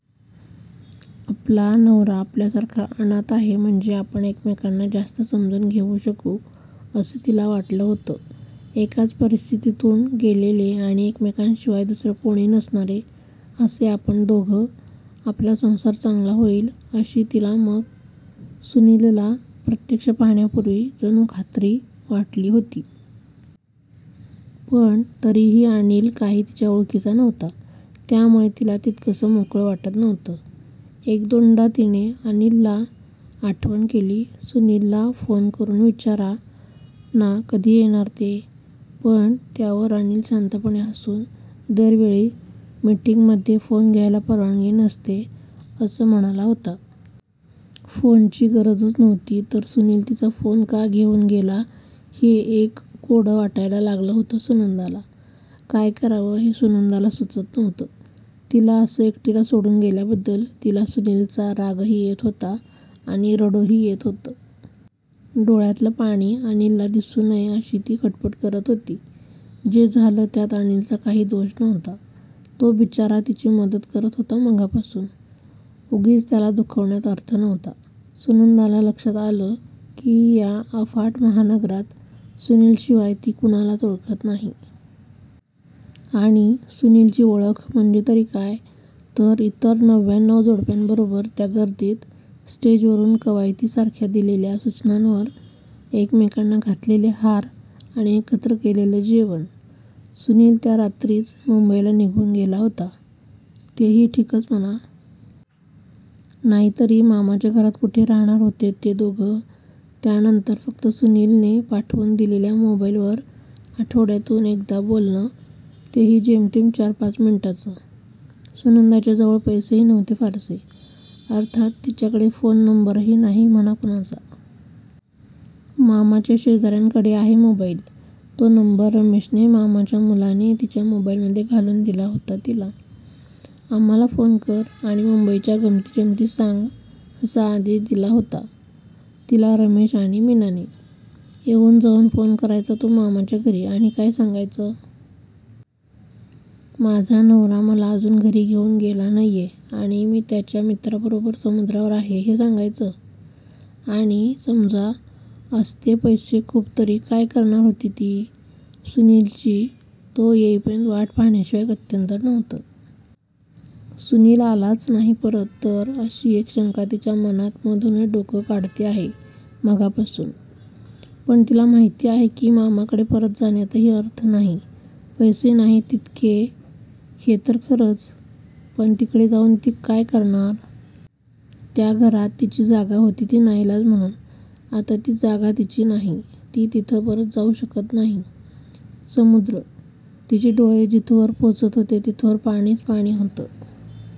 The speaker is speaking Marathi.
आपला नवरा आपल्यासारखा अनाथ आहे म्हणजे आपण एकमेकांना जास्त समजून घेऊ शकू असं तिला वाटलं होतं. एकाच परिस्थितीतून गेलेले आणि एकमेकांशिवाय दुसरं कोणी नसणारे असे आपण दोघं, आपला संसार चांगला होईल अशी तिला मग सुनीलला प्रत्यक्ष पाहण्यापूर्वी जणू खात्री वाटली होती. पण तरीही अनिल काही तिच्या ओळखीचा नव्हता, त्यामुळे तिला तितकंसं मोकळं वाटत नव्हतं. एक दोनदा तिने अनिलला आठवण केली, सुनीलला फोन करून विचारा ना कधी येणार ते. पण त्यावर अनिल शांतपणे हसून दर वेळी, मीटिंगमध्ये फोन घ्यायला परवानगी नसते, असं म्हणाला होता. फोनची गरजच नव्हती तर सुनील तिचा फोन का घेऊन गेला हे एक कोडं वाटायला लागलं होतं सुनंदाला. काय करावं हे सुनंदाला सुचत नव्हतं. तिला असं एकटीला सोडून गेल्याबद्दल तिला सुनीलचा रागही येत होता आणि रडूही येत होतं. डोळ्यातलं पाणी अनिलला दिसू नये अशी ती खटपट करत होती. जे झालं त्यात अनिलचा काही दोष नव्हता, तो बिचारा तिची मदत करत होता मघापासून. उगीच त्याला दुखावण्यात अर्थ नव्हता. सुनंदाला लक्षात आलं की या अफाट महानगरात सुनीलशिवाय ती कुणालाच ओळखत नाही. आणि सुनीलची ओळख म्हणजे तरी काय? तर इतर नव्व्याणव जोडप्यांबरोबर त्या गर्दीत स्टेजवरून कवायतीसारख्या दिलेल्या सूचनांवर एकमेकांना घातलेले हार आणि एकत्र केलेलं जेवण. सुनील त्या रात्रीच मुंबईला निघून गेला होता, तेही ठीकच म्हणा. नाहीतरी मामाच्या घरात कुठे राहणार होते ते दोघं? त्यानंतर फक्त सुनीलने पाठवून दिलेल्या मोबाईलवर आठवड्यातून एकदा बोलणं, तेही जेमतेम चार पाच मिनिटांचं. सुनंदाच्या जवळ पैसेही नव्हते फारसे. अर्थात तिच्याकडे फोन नंबरही नाही म्हणा कुणाचा. मामाच्या शेजाऱ्यांकडे आहे मोबाईल, तो नंबर रमेशने, मामाच्या मुलाने, तिच्या मोबाईलमध्ये घालून दिला होता तिला. आम्हाला फोन कर आणि मुंबईच्या गमतीजमती सांग, असा आदेश दिला होता तिला रमेश आणि मीनाने. येऊन जाऊन फोन करायचा तो मामाच्या घरी, आणि काय सांगायचं? माझा नवरा मला अजून घरी घेऊन गेला नाहीये आणि मी त्याच्या मित्राबरोबर समुद्रावर आहे, हे सांगायचं? आणि समजा असते पैसे खूप तरी काय करणार होती ती? सुनीलची तो येईपर्यंत वाट पाहण्याशिवाय गत्यंतर नव्हतं. सुनील आलाच नाही परत तर? अशी एक शंका तिच्या मनात मधूनच डोकं काढते आहे मघापासून. पण तिला माहिती आहे की मामाकडे परत जाण्यातही अर्थ नाही. पैसे नाहीत तितके हे तर खरंच, पण तिकडे जाऊन ती काय करणार? त्या घरात तिची जागा होती ती नाईलाज म्हणून. आता ती जागा तिची नाही, ती तिथं परत जाऊ शकत नाही. समुद्र! तिचे डोळे जिथवर पोचत होते तिथवर पाणीच पाणी होतं!